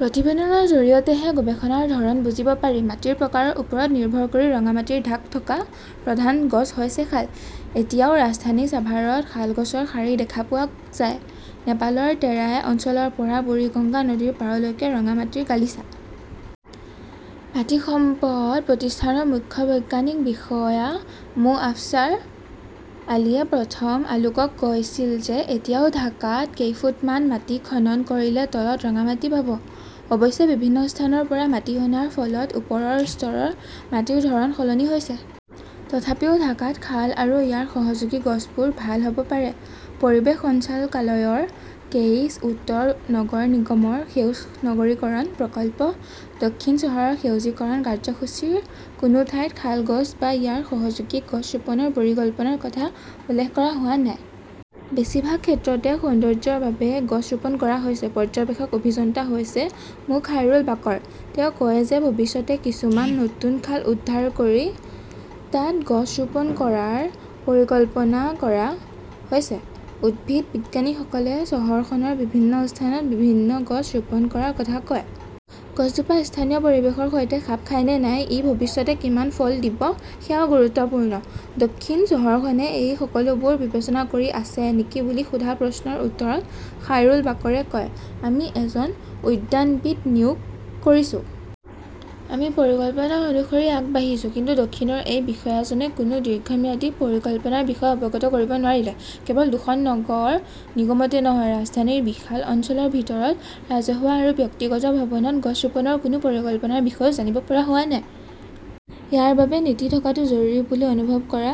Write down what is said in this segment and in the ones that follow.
প্ৰতিবেদনৰ জৰিয়তেহে গৱেষণাৰ ধৰণ বুজিব পাৰি। মাটিৰ প্ৰকাৰৰ ওপৰত নিৰ্ভৰ কৰি ৰঙা মাটিৰ ঢাক থকা প্ৰধান গছ হৈছে শাল। এতিয়াও ৰাজধানী চাভাৰত শাল গছৰ শাৰী দেখা পোৱা যায়। নেপালৰ টেৰাই অঞ্চলৰ পৰা বুৰিগঙ্গা নদীৰ পাৰলৈকে ৰঙা মাটিৰ গালিচা। মাটি সম্পদ প্ৰতিষ্ঠানৰ মুখ্য বৈজ্ঞানিক বিষয়া মো. আফচাৰ আলীয়ে প্ৰথম আলোকক কৈছিল যে এতিয়াও ঢাকাত কেইফুট মান মাটি খনন কৰিলে তলত ৰঙা মাটি পাব। অৱশ্যে, বিভিন্ন স্থানৰ পৰা মাটি অনাৰ ফলত ওপৰৰ স্তৰৰ মাটিৰ ধৰণ সলনি হৈছে। তথাপিও ঢাকাত শাল আৰু ইয়াৰ সহযোগী গছবোৰ ভাল হ'ব পাৰে। পৰিৱেশ সঞ্চালকালয়ৰ কেইছ, উত্তৰ নগৰ নিগমৰ সেউজ নগৰীকৰণ প্ৰকল্প, দক্ষিণ চহৰৰ সেউজীকৰণ কাৰ্যসূচীৰ কোনো ঠাইত শাল গছ বা ইয়াৰ সহযোগী গছ ৰোপণৰ পৰিকল্পনাৰ কথা উল্লেখ কৰা হোৱা নাই। বেছিভাগ ক্ষেত্ৰতে, সৌন্দৰ্য্যৰ বাবে গছ ৰোপণ কৰা হৈছে। পৰ্যবেক্ষক অভিযন্তা হৈছে মো. খাইৰুল বাকৰ। তেওঁ কয় যে ভৱিষ্যতে কিছুমান নতুন খাল উদ্ধাৰ কৰি তাত গছ ৰোপণ কৰাৰ পৰিকল্পনা কৰা হৈছে। উদ্ভিদবিজ্ঞানীসকলে চহৰখনৰ বিভিন্ন স্থানত বিভিন্ন গছ ৰোপণ কৰাৰ কথা কয়। গছজোপা স্থানীয় পৰিৱেশৰ সৈতে খাপ খায় নে নাই, ই ভৱিষ্যতে কিমান ফল দিব সেয়াও গুৰুত্বপূৰ্ণ। দক্ষিণ চহৰখনে এই সকলোবোৰ বিবেচনা কৰি আছে নেকি বুলি সোধা প্ৰশ্নৰ উত্তৰত খাইৰুল বাকৰে কয়, আমি এজন উদ্যানবিদ নিয়োগ কৰিছো। আমি পৰিকল্পনা অনুসৰি আগবাঢ়িছো। কিন্তু দক্ষিণৰ এই বিষয়াজনে কোনো দীৰ্ঘম্যাদী পৰিকল্পনাৰ বিষয়ে অৱগত কৰিব নোৱাৰিলে। কেৱল দুখন নগৰ নিগমতে নহয়, ৰাজধানীৰ বিশাল অঞ্চলৰ ভিতৰত ৰাজহুৱা আৰু ব্যক্তিগত ভৱনত গছ ৰোপণৰ কোনো পৰিকল্পনাৰ বিষয়েও জানিব পৰা হোৱা নাই। ইয়াৰ বাবে নীতি থকাটো জৰুৰী বুলি অনুভৱ কৰা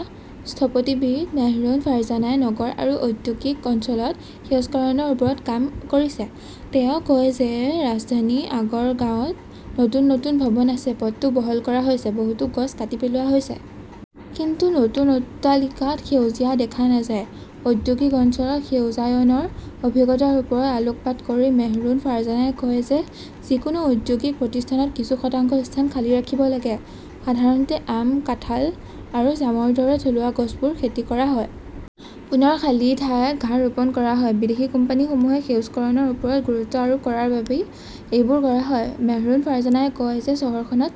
স্থপতিবিদ মেহৰুন ফাৰ্জানাই নগৰ আৰু ঔদ্যোগিক অঞ্চলত সেউজকৰণৰ ওপৰত কাম কৰিছে। তেওঁ কয় যে ৰাজধানী আগৰগাঁৱত নতুন নতুন ভৱন আছে। পথটো বহল কৰা হৈছে। বহুতো গছ কাটি পেলোৱা হৈছে। কিন্তু নতুন অট্টালিকাত সেউজীয়া দেখা নাযায়। ঔদ্যোগিক অঞ্চলত সেউজায়নৰ অভিজ্ঞতাৰ ওপৰত আলোকপাত কৰি মেহৰুন ফাৰ্জানাই কয় যে যিকোনো ঔদ্যোগিক প্ৰতিষ্ঠানত কিছু শতাংশ স্থান খালী ৰাখিব লাগিব। সাধাৰণতে আম, কাঁঠাল আৰু জামৰ দৰে থলুৱা গছবোৰ খেতি কৰা হয়। পুনৰ খালী ঠাইত ঘাঁহ ৰোপণ কৰা হয়। বিদেশী কোম্পানীসমূহে সেউজকৰণৰ ওপৰত গুৰুত্ব আৰোপ কৰাৰ বাবেই এইবোৰ কৰা হয়। মেহৰুন ফাৰ্জানাই কয় যে চহৰখনত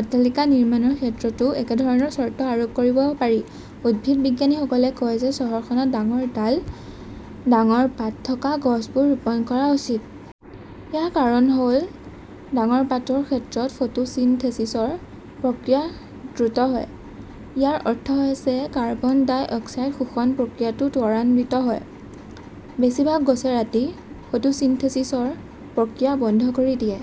অট্টালিকা নিৰ্মাণৰ ক্ষেত্ৰতো একেধৰণৰ চৰ্ত আৰোপ কৰিব পাৰি। উদ্ভিদবিজ্ঞানীসকলে কয় যে চহৰখনত ডাঙৰ ডাল, ডাঙৰ পাত থকা গছবোৰ ৰোপণ কৰা উচিত। ইয়াৰ কাৰণ হ'ল, ডাঙৰ পাতৰ ক্ষেত্ৰত ফটোচিনথেসিসৰ প্ৰক্ৰিয়া দ্ৰুত হয়। ইয়াৰ অৰ্থ হৈছে কাৰ্বন ডাই অক্সাইড শোষণ প্ৰক্ৰিয়াটো ত্বৰান্বিত হয়। বেছিভাগ গছে ৰাতি‌ ফটোচিনথেসিসৰ প্ৰক্ৰিয়া বন্ধ কৰি দিয়ে।